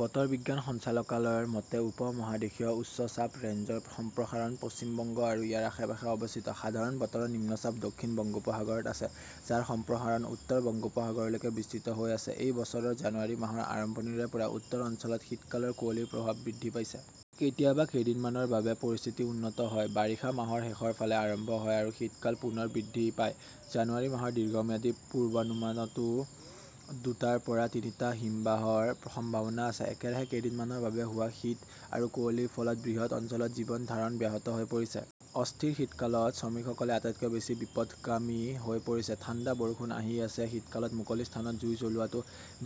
বতৰ বিজ্ঞান সঞ্চালকালয়ৰ মতে, উপ-মহাদেশীয় উচ্চ চাপ ৰেঞ্জৰ সম্প্ৰসাৰণ পশ্চিম বংগ আৰু ইয়াৰ আশে-পাশে অৱস্থিত। সাধাৰণ বতৰৰ নিম্নচাপ দক্ষিণ বংগোপসাগৰত আছে, যাৰ সম্প্ৰসাৰণ উত্তৰ বংগোপসাগৰলৈকে বিস্তৃত হৈ আছে। এই বছৰৰ জানুৱাৰী মাহৰ আৰম্ভণিৰে পৰা উত্তৰ অঞ্চলত শীতকালৰ কুঁৱলীৰ প্ৰভাৱ বৃদ্ধি পাইছে। কেতিয়াবা কেইদিনমানৰ বাবে পৰিস্থিতি উন্নত হয়। বাৰিষা মাহৰ শেষৰ ফালে আৰম্ভ হয় আৰু শীতকাল পুনৰ বৃদ্ধি পায়। জানুৱাৰী মাহৰ দীৰ্ঘম্যাদী পূৰ্বানুমানতো দুটাৰ পৰা তিনিটা হিমবাহৰ সম্ভাৱনা আছে। একেৰাহে কেইদিনমানৰ বাবে হোৱা শীত আৰু কুঁৱলীৰ ফলত বৃহৎ অঞ্চলত জীৱন ধাৰণ ব্যাহত হৈ পৰিছে। অস্থিৰ শীতকালত শ্ৰমিকসকলে আটাইতকৈ বেছি বিপথগামী হৈ পৰিছে। ঠাণ্ডা বৰষুণ আহি আছে শীতকালত মুকলি স্থানত জুই জ্বলোৱাটো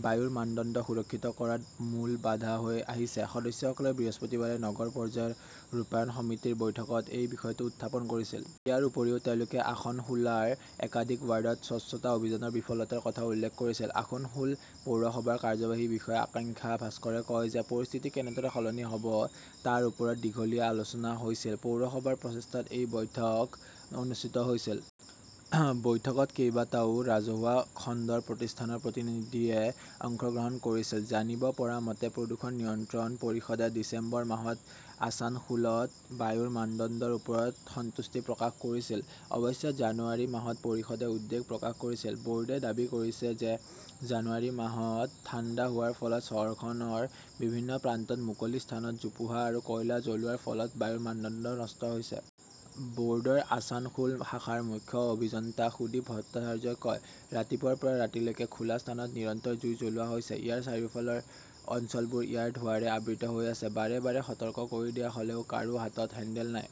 বায়ুৰ মানদণ্ড সুৰক্ষিত কৰাত মূল বাধা হৈ আহিছে। সদস্যসকলে বৃহস্পতিবাৰে নগৰ পৰ্যায়ৰ ৰূপায়ণ সমিতিৰ বৈঠকত এই বিষয়টো উত্থাপন কৰিছিল। ইয়াৰ উপৰিও, তেওঁলোকে আসনসোলৰ একাধিক ৱাৰ্ডত স্বচ্ছতা অভিযানৰ বিফলতাৰ কথাও উল্লেখ কৰিছিল। আসনসোল পৌৰসভাৰ কাৰ্যবাহী বিষয়া আকাংক্ষা ভাস্কৰে কয় যে ,পৰিস্থিতি কেনেদৰে সলনি হ'ব তাৰ ওপৰত দীঘলীয়া আলোচনা হৈছিল। পৌৰসভাৰ প্ৰচেষ্টাত এই বৈঠক অনুষ্ঠিত হৈছিল। বৈঠকত কেইবাটাও ৰাজহুৱা খণ্ডৰ প্ৰতিষ্ঠানৰ প্ৰতিনিধিয়েও অংশগ্ৰহণ কৰিছিল। জানিব পৰা মতে, প্ৰদূষণ নিয়ন্ত্ৰণ পৰিষদে ডিচেম্বৰ মাহত আছানসোলত বায়ুৰ মানদণ্ডৰ ওপৰত সন্তুষ্টি প্ৰকাশ কৰিছিল। অৱশ্যে, জানুৱাৰী মাহত পৰিষদে উদ্বেগ প্ৰকাশ কৰিছিল। ব'ৰ্ডে দাবী কৰিছে যে, জানুৱাৰী মাহত ঠাণ্ডা হোৱাৰ ফলত চহৰখনৰ বিভিন্ন প্ৰান্তত মুকলি স্থানত জোপোহা আৰু কয়লা জ্বলোৱাৰ ফলত বায়ুৰ মানদণ্ড নষ্ট হৈছে। ব'ৰ্ডৰ আছানসোল শাখাৰ মুখ্য অভিযন্তা সুদীপ ভট্টাচাৰ্যই কয়, "ৰাতিপুৱাৰ পৰা ৰাতিলৈকে খোলা স্থানত নিৰন্তৰ জুই জ্বলোৱা হৈছে। ইয়াৰ চাৰিওফালৰ অঞ্চলবোৰ ইয়াৰ ধোঁৱাৰে আবৃত হৈ আছে। বাৰে বাৰে সতৰ্ক কৰি দিয়া হ'লেও কাৰো হাতত হেল্ডল নাই।"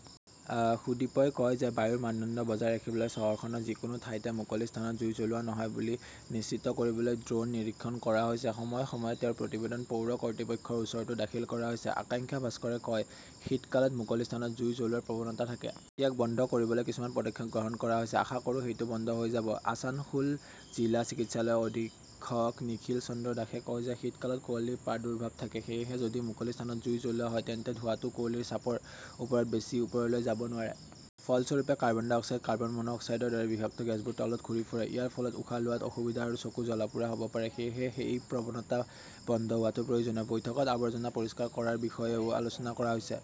সুদীপই কয় যে বায়ুৰ মানদণ্ড বজাই ৰাখিবলৈ চহৰখনৰ যিকোনো ঠাইতে মুকলি স্থানত জুই জ্বলোৱা নহয় বুলি নিশ্চিত কৰিবলৈ ড্ৰোন নিৰীক্ষণ কৰা হৈছে। সময়ে সময়ে তেওঁৰ প্ৰতিবেদন পৌৰ কৰ্তৃপক্ষৰ ওচৰতো দাখিল কৰা হৈছে। আকাংক্ষা ভাস্কৰে কয়, শীতকালত মুকলি স্থানত জুই জ্বলোৱাৰ প্ৰৱণতা থাকে। ইয়াক বন্ধ কৰিবলৈ কিছুমান পদক্ষেপ গ্ৰহণ কৰা হৈছে। আশা কৰোঁ সেইটো বন্ধ হৈ যাব।" আছানসোল জিলা চিকিৎসালয়ৰ অধীক্ষক নিখিল চন্দ্ৰ দাসে কয় যে, শীতকালত কুঁৱলীৰ প্ৰাদুৰ্ভাৱ থাকে। সেয়েহে যদি মুকলি স্থানত জুই জ্বলোৱা হয় তেন্তে ধোঁৱাটো কুঁৱলীৰ চাপৰ ওপৰত বেছি ওপৰলৈ যাব নোৱাৰে। ফলস্বৰূপে, কাৰ্বন ডাই অক্সাইড, কাৰ্বন মনো অক্সাইডৰ দৰে বিষাক্ত গেছবোৰ তলত ঘূৰি ফুৰে। ইয়াৰ ফলত উশাহ লোৱাত অসুবিধা আৰু চকু জ্বলা-পোৰা হ'ব পাৰে। সেয়েহে এই প্ৰৱণতা বন্ধ হোৱাটো প্ৰয়োজনীয়। বৈঠকত আৱৰ্জনা পৰিষ্কাৰ কৰাৰ বিষয়েও আলোচনা কৰা হৈছিল।